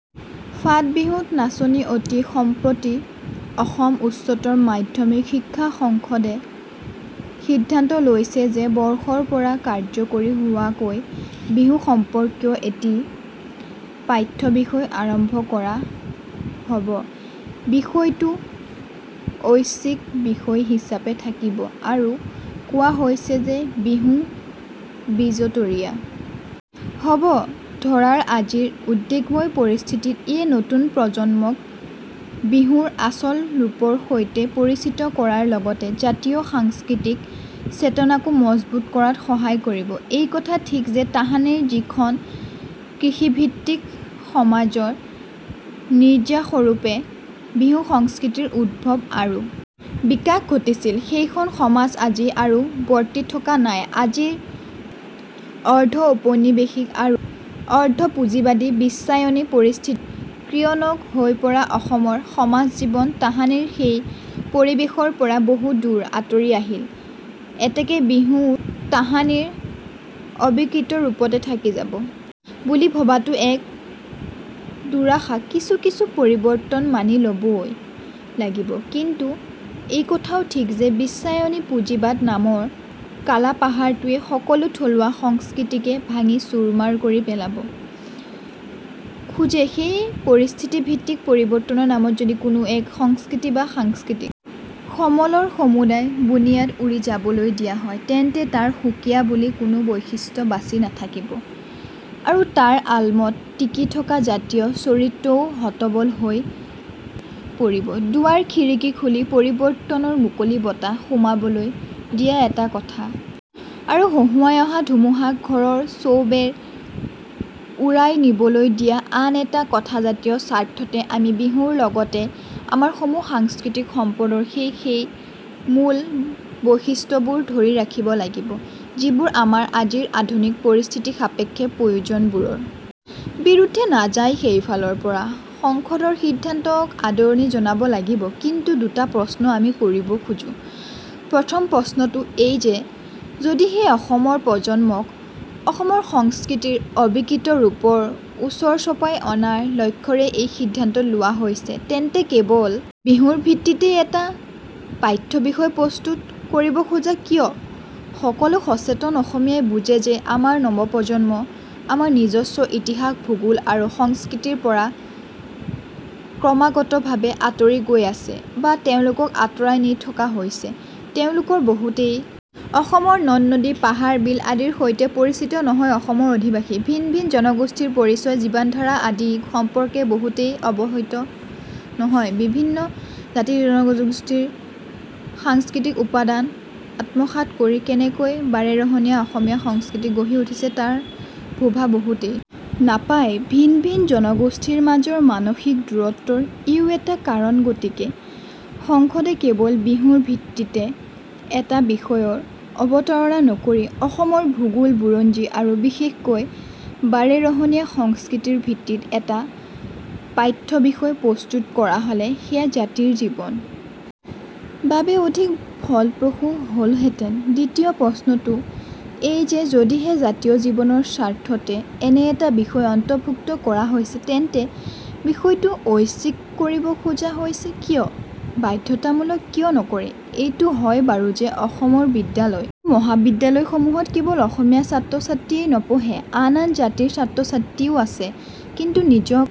ফাট বিহুত নাচনি অতি সম্প্ৰতি অসম উচ্চতৰ মাধ্যমিক শিক্ষা সংসদে সিদ্ধান্ত লৈছে যে বৰ্ষৰপৰা কাৰ্যকৰী হোৱাকৈ বিহু সম্পৰ্কীয় এটি পাঠ্যবিষয় আৰম্ভ কৰা হববিষয়টো ঐচ্ছিক বিষয় হিচাপে থাকিব আৰু কোৱা হৈছে যে বিহু বিজতৰীয়া হব ধৰাৰ আজিৰ উদ্বেগময় পৰিস্থিতিত ইয়ে নতুন প্ৰজন্মক বিহুৰ আচল ৰূপৰ সৈতে পৰিচিত কৰাৰ লগতে জাতীয় সাংস্কৃতিক চেতনাকো মজবুত কৰাত সহায় কৰিবএইকথা ঠিক যে তাহানিৰ যিখন কৃষিভিত্তিক সমাজৰ নিৰ্যাসৰূপে বিহু সংস্কৃতিৰ উদ্ভৱ আৰু বিকাশ ঘটিছিল সেইখন সমাজ আজি আৰু বৰ্তি থকা নাইআজিৰ অৰ্ধঔপনিবেশিক আৰু অৰ্ধপুঁজিবাদী বিশ্বায়নী পৰিস্থিতিৰ ক্ৰীড়নক হৈ পৰা অসমৰ সমাজজীৱন তাহানিৰ সেই পৰিবেশৰ পৰা বহু দূৰ আঁতৰি আহিলএতেকে বিহুও তাহানিৰ অবিকৃত ৰূপতে থাকি যাব বুলি ভবাটো এক দুৰাশাকিছু কিছু পৰিৱৰ্তন মানি লবই লাগিবকিন্তু এইকথাও ঠিক যে বিশ্বায়নী পুঁজিবাদ নামৰ কালাপাহাৰটোৱে সকলো থলুৱা সংস্কৃতিকে ভাঙি চূৰমাৰ কৰি পেলাব খোজেসেয়ে পৰিস্থিতিভিত্তিক পৰিৱৰ্তনৰ নামত যদি কোনো এক সংস্কৃতি বা সাংস্কৃতিক সমলৰ সমুদায় বুনিয়াদ উৰি যাবলৈ দিয়া হয় তেন্তে তাৰ সুকীয়া বুলি কোনো বৈশিষ্ট্য বাছি নাথাকিব আৰু তাৰ আলমত টিকি থকা জাতীয় চৰিত্ৰও হতবল হৈ পৰিবদুৱাৰখিৰিকী খুলি পৰিৱৰ্তনৰ মুকলি বতাহ সোমাবলৈ দিয়া এটা কথা আৰু হুহুৱাই অহা ধুমুহাক ঘৰৰ চৌবেৰ উৰাই নিবলৈ দিয়া আন এটা কথাজাতীয় স্বাৰ্থতে আমি বিহুৰ লগতে আমাৰ সমূহ সাংস্কৃতিক সম্পদৰ সেই সেই মূল বৈশিষ্ট্যবোৰ ধৰি ৰাখিব লাগিব যিবোৰ আমাৰ আজিৰ আধুনিক পৰিস্থিতিসাপেক্ষ প্ৰয়োজনবোৰৰ বিৰুদ্ধে নাযায়সেইফালৰ পৰা সংসদৰ সিদ্ধান্তক আদৰণি জনাব লাগিবকিন্তু দুটা প্ৰশ্ন আমি কৰিব খোজোঁপ্ৰথম প্ৰশ্নটো এই যে যদিহে অসমৰ নৱপ্ৰজন্মক অসমৰ সংস্কৃতিৰ অবিকৃত ৰূপৰ ওচৰ চপাই অনাৰ লক্ষ্যেৰেই এই সিদ্ধান্ত লোৱা হৈছে তেন্তে কেৱল বিহুৰ ভিত্তিতেই এটা পাঠ্যবিষয় প্ৰস্তুত কৰিব খোজা কিয় সকলো সচেতন অসমীয়াই বুজে যে আমাৰ নৱপ্ৰজন্ম আমাৰ নিজস্ব ইতিহাস ভূগোল আৰু সংস্কৃতিৰ পৰা ক্ৰমাগতভাৱে আঁতৰি গৈ আছে বা তেওঁলোকক আঁতৰাই নি থকা হৈছেতেওঁলোকৰ বহুতেই অসমৰ নদনদী পাহাৰ বিল আদিৰ সৈতে পৰিচিত নহয়অসমৰ অধিবাসী ভিন ভিন জনগোষ্ঠীৰ পৰিচয় জীৱনধাৰা আদি সম্পৰ্কে বহুতেই অৱহিত নহয়বিভিন্ন জাতিজনগোষ্ঠীৰ সাংস্কৃতিক উপাদান আত্মসাৎ কৰি কেনেকৈ বাৰেৰহণীয়া অসমীয়া সংস্কৃতি গঢ়ি উঠিছে তাৰ ভুভা বহুতেই নাপায়ভিন ভিন জনগোষ্ঠীৰ মাজৰ মানসিক দূৰত্বৰ ইও এটা কাৰণগতিকে সংসদে কেৱল বিহুৰ ভিত্তিতে এটা বিষয়ৰ অৱতাৰণা নকৰি অসমৰ ভূগোল বুৰঞ্জী আৰু বিশেষকৈ বাৰেৰহণীয়া সংস্কৃতিৰ ভিত্তিত এটা পাঠ্যবিষয় প্ৰস্তুত কৰা হলে সেয়া জাতীয় জীৱনৰ বাবে অধিক ফলপ্ৰসূ হলহেঁতেনদ্বিতীয় প্ৰশ্নটো এই যে যদিহে জাতীয় জীৱনৰ স্বাৰ্থতে এনে এটা বিষয় অন্তৰ্ভুক্ত কৰা হৈছে তেন্তে বিষয়টো ঐচ্ছিক কৰিব খোজা হৈছে কিয় বাধ্যতামূলক কিয় নকৰে এইটো হয় বাৰু যে অসমৰ বিদ্যালয় আৰু মহাবিদ্যালয়সমূহত কেৱল অসমীয়া ছাত্ৰছাত্ৰীয়েই নপঢ়ে আন আন জাতিৰ ছাত্ৰছাত্ৰীও আছেকিন্তু নিজক